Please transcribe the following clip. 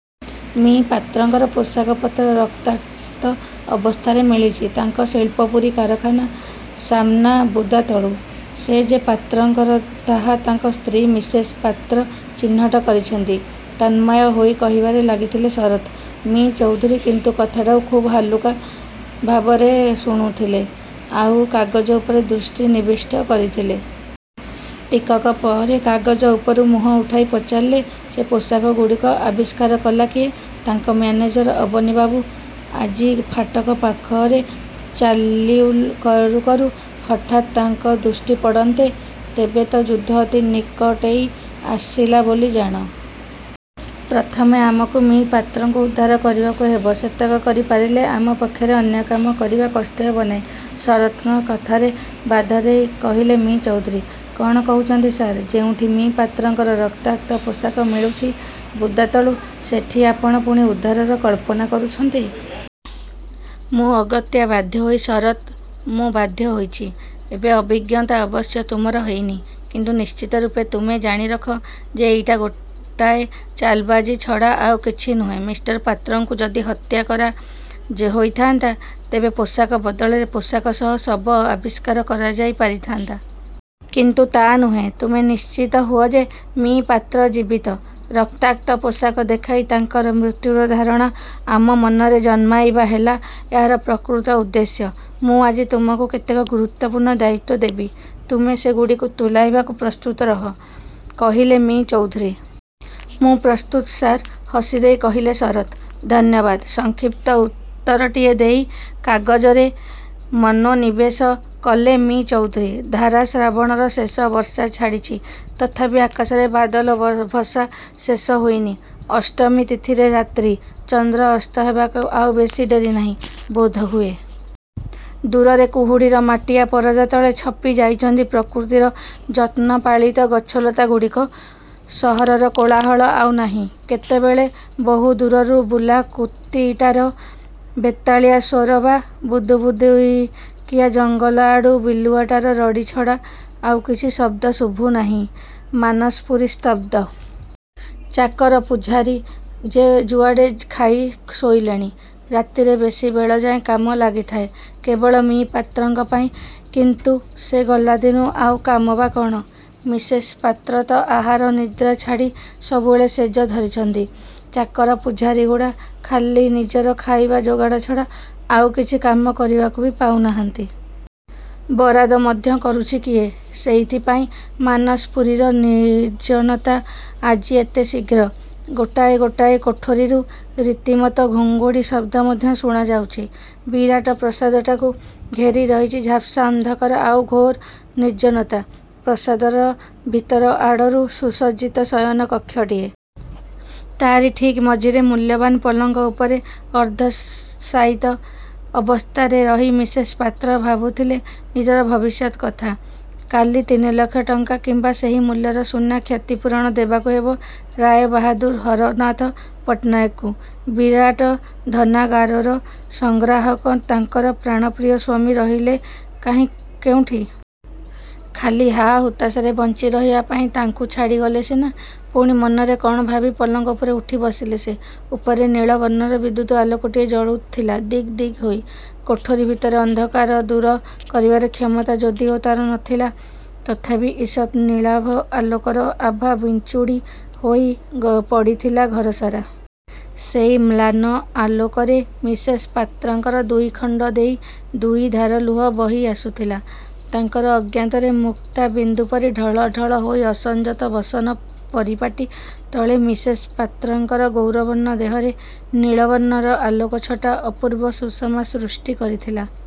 ମି: ପାତ୍ରଙ୍କର ପୋଷାକ ପତ୍ର ରକ୍ତାକ୍ତ ଅବସ୍ଥାରେ ମିଳିଛି, ତାଙ୍କ ଶିଳ୍ପପୁରୀ କାରଖାନା ସାମ୍ନା ବୁଦାତଳୁ। ସେ ଯେ ପାତ୍ରଙ୍କର ତାହା ତାଙ୍କ ସ୍ତ୍ରୀ ମିସେସ୍ ପାତ୍ର ଚିହ୍ନଟ କରିଛନ୍ତି। '' ତନ୍ମୟ ହୋଇ କହିବାରେ ଲାଗିଥିଲେ ଶରତ୍। ମି: ଚୌଧୁରୀ କିନ୍ତୁ କଥାଟାକୁ ଖୁବ୍ ହାଲୁକା ଭାବରେ ଶୁଣୁଥିଲେ ଆଉ କାଗଜ ଉପରେ ଦୃଷ୍ଟି ନିବିଷ୍ଟ କରିଥିଲେ। ଟିକକ ପରେ କାଗଜ ଉପରୁ ମୁହଁ ଉଠାଇ ପଚାରିଲେ, ''ସେ ପୋଷାକଗୁଡ଼ିକ ଆବିଷ୍କାର କଲା କିଏ? '' ''ତାଙ୍କ ମ୍ୟାନେଜର ଅବନୀବାବୁ। ଆଜି ଫାଟକ ପାଖରେ ଚାଲ୍ବୁଲ୍ କରୁ କରୁ ହଠାତ୍ ତାଙ୍କ ଦୃଷ୍ଟିପଡ଼ନ୍ତେ। '' ''ତେବେ ତ ଯୁଦ୍ଧ ଅତି ନିକଟେଇ ଆସିଲା ବୋଲି ଜାଣ। ପ୍ରଥମେ ଆମକୁ ମି: ପାତ୍ରଙ୍କୁ ଉଦ୍ଧାର କରିବାକୁ ହେବ। ସେତକ କରି ପାରିଲେ ଆମ ପକ୍ଷରେ ଅନ୍ୟ କାମ କରିବା କଷ୍ଟ ହେବ ନାହିଁ। '' ଶରତ୍ଙ୍କ କଥାରେ ବାଧାଦେଇ କହିଲେ ମି: ଚୌଧୁରୀ। ''କ'ଣ କହୁଛନ୍ତି ସାର୍? ଯେଉଁଠି ମି: ପାତ୍ରଙ୍କର ରକ୍ତାକ୍ତ ପୋଷାକ ମିଳୁଛି ବୁଦାତଳୁ, ସେଠି ଆପଣ ପୁଣି ଉଦ୍ଧାରର କଳ୍ପନା କରୁଛନ୍ତି? ''ମୁଁ ଅଗତ୍ୟା ବାଧ୍ୟହୋଇଛି ଶରତ୍, ମୁଁ ବାଧ୍ୟହୋଇଛି। ଏବେ ଅଭିଜ୍ଞତା ଅବଶ୍ୟ ତୁମର ହେଇନି; କିନ୍ତୁ ନିଶ୍ଚିତ ରୂପେ ତୁମେ ଜାଣି ରଖ ଯେ, ଏଇଟା ଗୋଟାଏ ଚାଲବାଜି ଛଡ଼ା ଆଉ କିଛି ନୁହେଁ। ମିଷ୍ଟର ପାତ୍ରଙ୍କୁ ଯଦି ହତ୍ୟାକରା ହୋଇଥାନ୍ତା, ତେବେ ପୋଷାକ ବଦଳରେ ପୋଷାକ ସହ ଶବ ଆବିଷ୍କାର କରାଯାଇ ପାରିଥାନ୍ତା। କିନ୍ତୁ ତା' ନୁହେଁ। ତୁମେ ନିଶ୍ଚିତ ହୁଅ ଯେ-ମି: ପାତ୍ର ଜୀବିତ। ରକ୍ତାକ୍ତ ପୋଷାକ ଦେଖାଇ, ତାଙ୍କର ମୃତ୍ୟୁର ଧାରଣା ଆମ ମନରେ ଜନ୍ମାଇବା ହେଲା ଏହାର ପ୍ରକୃତ ଉଦ୍ଦେଶ୍ୟ। ମୁଁ ଆଜି ତୁମକୁ କେତେକ ଗୁରୁତ୍ୱପୂର୍ଣ୍ଣ ଦାୟିତ୍ୱ ଦେବି। ତୁମେ ସେ ଗୁଡ଼ିକୁ ତୁଲାଇବାକୁ ପ୍ରସ୍ତୁତ ରହ''-କହିଲେ ମି: ଚୌଧୁରୀ। ''ମୁଁ ପ୍ରସ୍ତୁତ ସାର୍! '' -ହସିଦେଇ କହିଲେ ଶରତ୍। ''ଧନ୍ୟବାଦ! '' -ସଂକ୍ଷିପ୍ତ ଉତ୍ତରଟିଏ ଦେଇ କାଗଜରେ ମନୋନିବେଶ କଲେ ମି: ଚୌଧୁରୀ। ଧାରା ଶ୍ରାବଣର ଶେଷ। ବର୍ଷା ଛାଡ଼ିଛି, ତଥାପି ଆକାଶରେ ବାଦଲ ଭସା ଶେଷ ହୋଇନି। ଅଷ୍ଟମୀ ତିଥିରେ ରାତ୍ରି; ଚନ୍ଦ୍ର ଅସ୍ତ ହେବାକୁ ଆଉ ବେଶୀ ଡେରି ନାହିଁ ବୋଧହୁଏ। ଦୂରରେ କୁହୁଡ଼ିର ମାଟିଆ ପରଦା ତଳେ ଛପି ଯାଇଛନ୍ତି ପ୍ରକୃତିର ଯତ୍ନପାଳିତ ଗଛଲତାଗୁଡ଼ିକ। ସହରର କୋଳାହଳ ଆଉ ନାହିଁ। କେତେବେଳେ ବହୁ ଦୂରରୁ ବୁଲା କୁତିଟାର ବେତାଳିଆ ସ୍ୱର ବା ବୁଦିବୁଦିକିଆ ଜଙ୍ଗଲଆଡ଼ୁ ବିଲୁଆଟାର ରଡ଼ି ଛଡ଼ା ଆଉ କିଛି ଶବ୍ଦ ଶୁଭୁ ନାହିଁ-। ମାନସପୁରୀ ସ୍ତବ୍ଧ। ଚାକର ପୁଝାରୀ ଯେ ଯୁଆଡ଼େ ଖାଇ ଶୋଇଲେଣି। ରାତିରେ ବେଶୀ ବେଳଯାଏ କାମ ଲାଗିଥାଏ କେବଳ ମି: ପାତ୍ରଙ୍କ ପାଇଁ। କିନ୍ତୁ ସେ ଗଲାଦିନୁ ଆଉ କାମ ବା କ'ଣ? ମିସେସ୍ ପାତ୍ର ତ ଆହାର ନିଦ୍ରା ଛାଡ଼ି ସବୁବେଳେ ଶେଯ ଧରିଛନ୍ତି। ଚାକର ପୁଝାରୀଗୁଡ଼ା ଖାଲି ନିଜର ଖାଇବା ଯୋଗାଡ଼ ଛଡ଼ା ଆଉ କିଛି କାମ କରିବାକୁ ବି ପାଉନାହାନ୍ତି। ବରାଦ ମଧ୍ୟ କରୁଛି କିଏ? ସେଇଥି ପାଇଁ ମାନସପୁରୀର ନିର୍ଜନତା ଆଜି ଏତେ ଶୀଘ୍ର। ଗୋଟାଏ ଗୋଟାଏ କୋଠରୀରୁ ରୀତିମତ ଘୁଙ୍ଗୁଡ଼ି ଶବ୍ଦ ମଧ୍ୟ ଶୁଣାଯାଉଛି। ବିରାଟ ପ୍ରାସାଦଟାକୁ ଘେରି ରହିଛି ଝାପ୍ସା ଅନ୍ଧକାର ଆଉ ଘୋର ନିର୍ଜନତା। ପ୍ରାସାଦର ଭିତର ଆଡ଼ର ସୁସଜ୍ଜିତ ଶୟନ କକ୍ଷଟିଏ। ତା'ରି ଠିକ୍ ମଝିରେ ମୂଲ୍ୟବାନ ପଲଙ୍କ ଉପରେ ଅର୍ଦ୍ଧଶାୟିତ ଅବସ୍ଥାରେ ରହି ମିସେସ୍ ପାତ୍ର ଭାବୁଥିଲେ ନିଜର ଭବିଷ୍ୟତ୍ କଥା-''କାଲି ତିନିଲକ୍ଷ ଟଙ୍କା କିମ୍ବା ସେହି ମୂଲ୍ୟର ସୁନା କ୍ଷତିପୂରଣ ଦେବାକୁ ହେବ ରାୟବାହାଦୂର ହରନାଥ ପଟ୍ଟନାୟକଙ୍କୁ। ବିରାଟ ଧନାଗାରର ସଂଗ୍ରାହକ ତାଙ୍କର ପ୍ରାଣପ୍ରିୟ ସ୍ୱାମୀ ରହିଲେ କାହିଁ କେଉଁଠି? ଖାଲି ହା-ହୁତାଶରେ ବଞ୍ଚିରହିବା ପାଇଁ ତାଙ୍କୁ ଛାଡ଼ିଗଲେ ସିନା! '' ପୁଣି ମନରେ କ'ଣ ଭାବି ପଲଙ୍କ ଉପରେ ଉଠି ବସିଲେ ସେ। ଉପରେ ନୀଳ ବର୍ଣ୍ଣର ବିଦ୍ୟୁତ୍ ଆଲୋକଟି ଜଳୁଥିଲା ଦିକ୍ ଦିକ୍ ହୋଇ। କୋଠରୀ ଭିତରର ଅନ୍ଧକାର ଦୂର କରିବାର କ୍ଷମତା ଯଦିଓ ତା'ର ନ ଥିଲା, ତଥାପି ଇଷତ୍ ନୀଳାଭ ଆଲୋକର ଆଭା ବିଞ୍ଚୁଡ଼ି ହୋଇ ପଡ଼ିଥିଲା ଘରସାରା। ସେଇ ମ୍ଳାନ ଆଲୋକରେ ମିସେସ୍ ପାତ୍ରଙ୍କର ଦୁଇଖଣ୍ଡ ଦେଇ ଦୁଇଧାର ଲୁହ ବହି ଆସୁଥିଲା ତାଙ୍କର ଅଜ୍ଞାତରେ, ମୁକ୍ତା ବିନ୍ଦୁପରି ଢଳ ଢଳ ହୋଇ। ଅସଂଯତ ବସନ ପରିପାଟି ତଳେ ମିସେସ୍ ପାତ୍ରଙ୍କର ଗୌରବର୍ଣ୍ଣ ଦେହରେ ନୀଳବର୍ଣ୍ଣର ଆଲୋକଛଟା ଅପୂର୍ବ ସୁଷମା ସୃଷ୍ଟି କରିଥିଲା।